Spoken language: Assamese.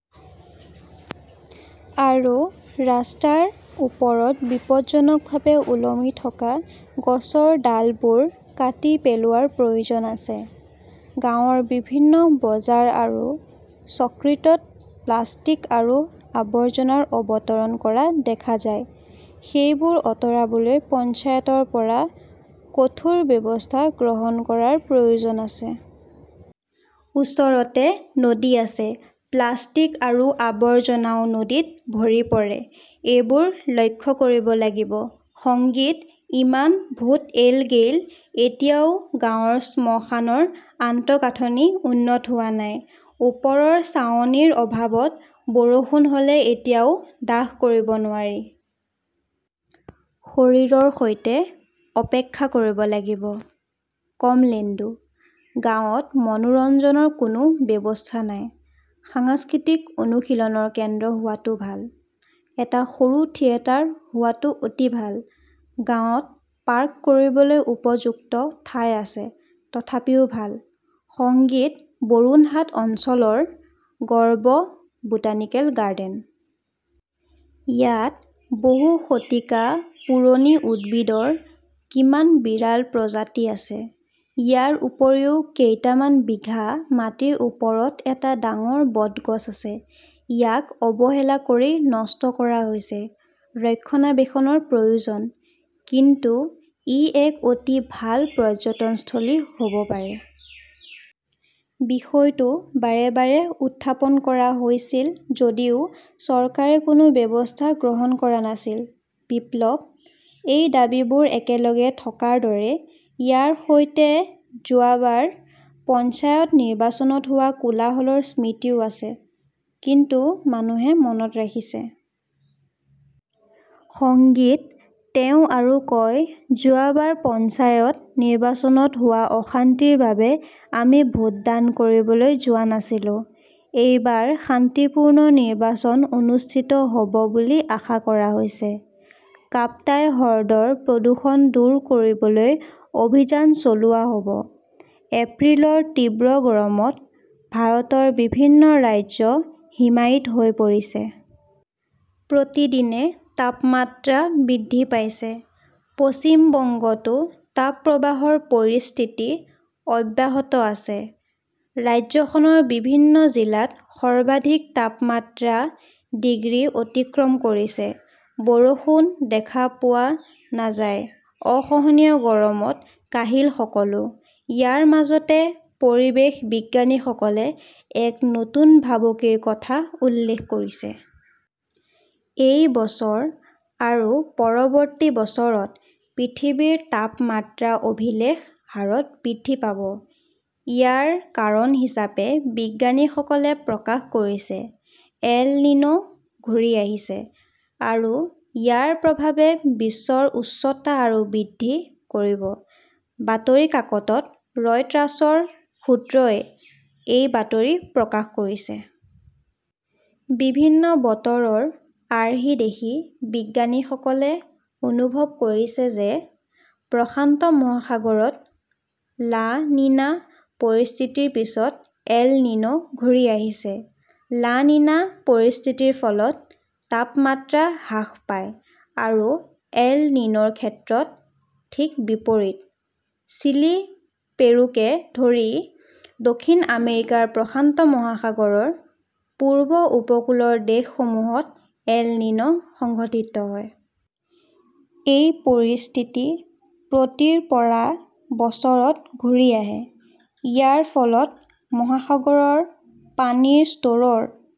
আৰু ৰাস্তাৰ ওপৰত বিপদজনকভাৱে ওলমি থকা গছৰ ডালবোৰ কাটি পেলোৱাৰ প্ৰয়োজন আছে। গাঁৱৰ বিভিন্ন বজাৰ আৰু চৰ্কিটত প্লাষ্টিক আৰু আৱৰ্জনা অৱতৰণ কৰা দেখা যায়। সেইবোৰ আঁতৰাবলৈ পঞ্চায়তৰ পৰা কঠোৰ ব্যৱস্থা গ্ৰহণ কৰাৰ প্ৰয়োজন আছে। ওচৰতে নদী আছে। প্লাষ্টিক্স আৰু আৱৰ্জনাও নদীত ভৰি পৰে। এইবোৰ লক্ষ্য কৰিব লাগিব। সঙ্গীতঃ ইমান ভোট এল-গেইল, এতিয়াও গাঁৱৰ শ্মশানৰ আন্তঃগাঁথনি উন্নত হোৱা নাই। ওপৰৰ ছাউনিৰ অভাৱত বৰষুণ হ "লে এতিয়াও দাহ কৰিব নোৱাৰি। শৰীৰৰ সৈতে অপেক্ষা কৰিব লাগিব। কমলেন্দুঃ গাঁৱত মনোৰঞ্জনৰ কোনো ব্যৱস্থা নাই। সাংস্কৃতিক অনুশীলনৰ কেন্দ্ৰ হোৱাটো ভাল। এটা সৰু থিয়েটাৰ হোৱাটো অতি ভাল। গাঁৱত পাৰ্ক কৰিবলৈ উপযুক্ত ঠাই আছে, তথাপিও ভাল। সংগীতঃ বৰুণহাট অঞ্চলৰ গৰ্ব বোটানিকেল গাৰ্ডেন। ইয়াত বহু শতিকা পুৰণি উদ্ভিদৰ কিমান বিৰল প্ৰজাতি আছে। ইয়াৰ উপৰিও কেইটামান বিঘা মাটিৰ ওপৰত এটা ডাঙৰ বট গছ আছে। ইয়াক অৱহেলা কৰি নষ্ট কৰা হৈছে। ৰক্ষণাবেক্ষণৰ প্ৰয়োজন। কিন্তু ই এক অতি ভাল পৰ্যটনস্থলী হ "ব পাৰে। বিষয়টো বাৰে বাৰে উত্থাপন কৰা হৈছিল যদিও চৰকাৰে কোনো ব্যৱস্থা গ্ৰহণ কৰা নাছিল। বিপ্লৱঃ এই দাবীবোৰ একেলগে থকাৰ দৰে, ইয়াৰ সৈতে যোৱা বাৰ পঞ্চায়ত নিৰ্বাচনত হোৱা কোলাহলৰ স্মৃতিও আছে কিন্তু মানুহে মনত ৰাখিছে। সঙ্গীতঃ তেওঁ আৰু কয়, যোৱা বাৰ পঞ্চায়ত নিৰ্বাচনত হোৱা অশান্তিৰ বাবে আমি ভোটদান কৰিবলৈ যোৱা নাছিলো। এইবাৰ শান্তিপূৰ্ণ নিৰ্বাচন অনুষ্ঠিত হ "ব বুলি আশা কৰা হৈছে। কাপ্তাই হ্ৰদৰ প্ৰদূষণ দূৰ কৰিবলৈ অভিযান চলোৱা হ "ব" এপ্ৰিলৰ তীব্ৰ গৰমত ভাৰতৰ বিভিন্ন ৰাজ্য হিমায়িত হৈ পৰিছে। প্ৰতিদিনে তাপমাত্ৰা বৃদ্ধি পাইছে। পশ্চিম বংগতো তাপপ্ৰবাহৰ পৰিস্থিতি অব্যাহত আছে। ৰাজ্যখনৰ বিভিন্ন জিলাত সৰ্বাধিক তাপমাত্ৰা ডিগ্ৰী অতিক্ৰম কৰিছে। বৰষুণ দেখা পোৱা নাযায়। অসহনীয় গৰমত কাহিল সকলো। ইয়াৰ মাজতে পৰিৱেশ বিজ্ঞানীসকলে এক নতুন ভাবুকিৰ কথা উল্লেখ কৰিছে। এই বছৰ আৰু পৰৱৰ্তী বছৰত পৃথিৱীৰ তাপমাত্ৰা অভিলেখ হাৰত বৃদ্ধি পাব। ইয়াৰ কাৰণ হিচাপে বিজ্ঞানীসকলে প্ৰকাশ কৰিছে, 'এল নিনো "ঘূৰি আহিছে। আৰু ইয়াৰ প্ৰভাৱে বিশ্বৰ উষ্ণতা আৰু বৃদ্ধি কৰিব। বাতৰি কাকত ৰয়টাৰ্ছৰ সূত্ৰই এই বাতৰি প্ৰকাশ কৰিছে। বিভিন্ন বতৰৰ আৰ্হি দেখি বিজ্ঞানীসকলে অনুভৱ কৰে যে প্ৰশান্ত মহাসাগৰত লা নিনা পৰিস্থিতিৰ পিছত এল নিনো ঘূৰি আহিছে। লা নিনা পৰিস্থিতিৰ ফলত তাপমাত্ৰা হ্ৰাস পায়। আৰ 'এল নিনো' ৰ ক্ষেত্ৰত ঠিক বিপৰীত। চিলি, পেৰুকে ধৰি দক্ষিণ আমেৰিকাৰ প্ৰশান্ত মহাসাগৰৰ পূব উপকূলৰ দেশসমূহত 'এল নিনো "সংঘটিত হয়। এই পৰিস্থিতি প্ৰতি ৰ পৰা বছৰত ঘূৰি আহে। ইয়াৰ ফলত মহাসাগৰৰ পানীৰ স্তৰৰ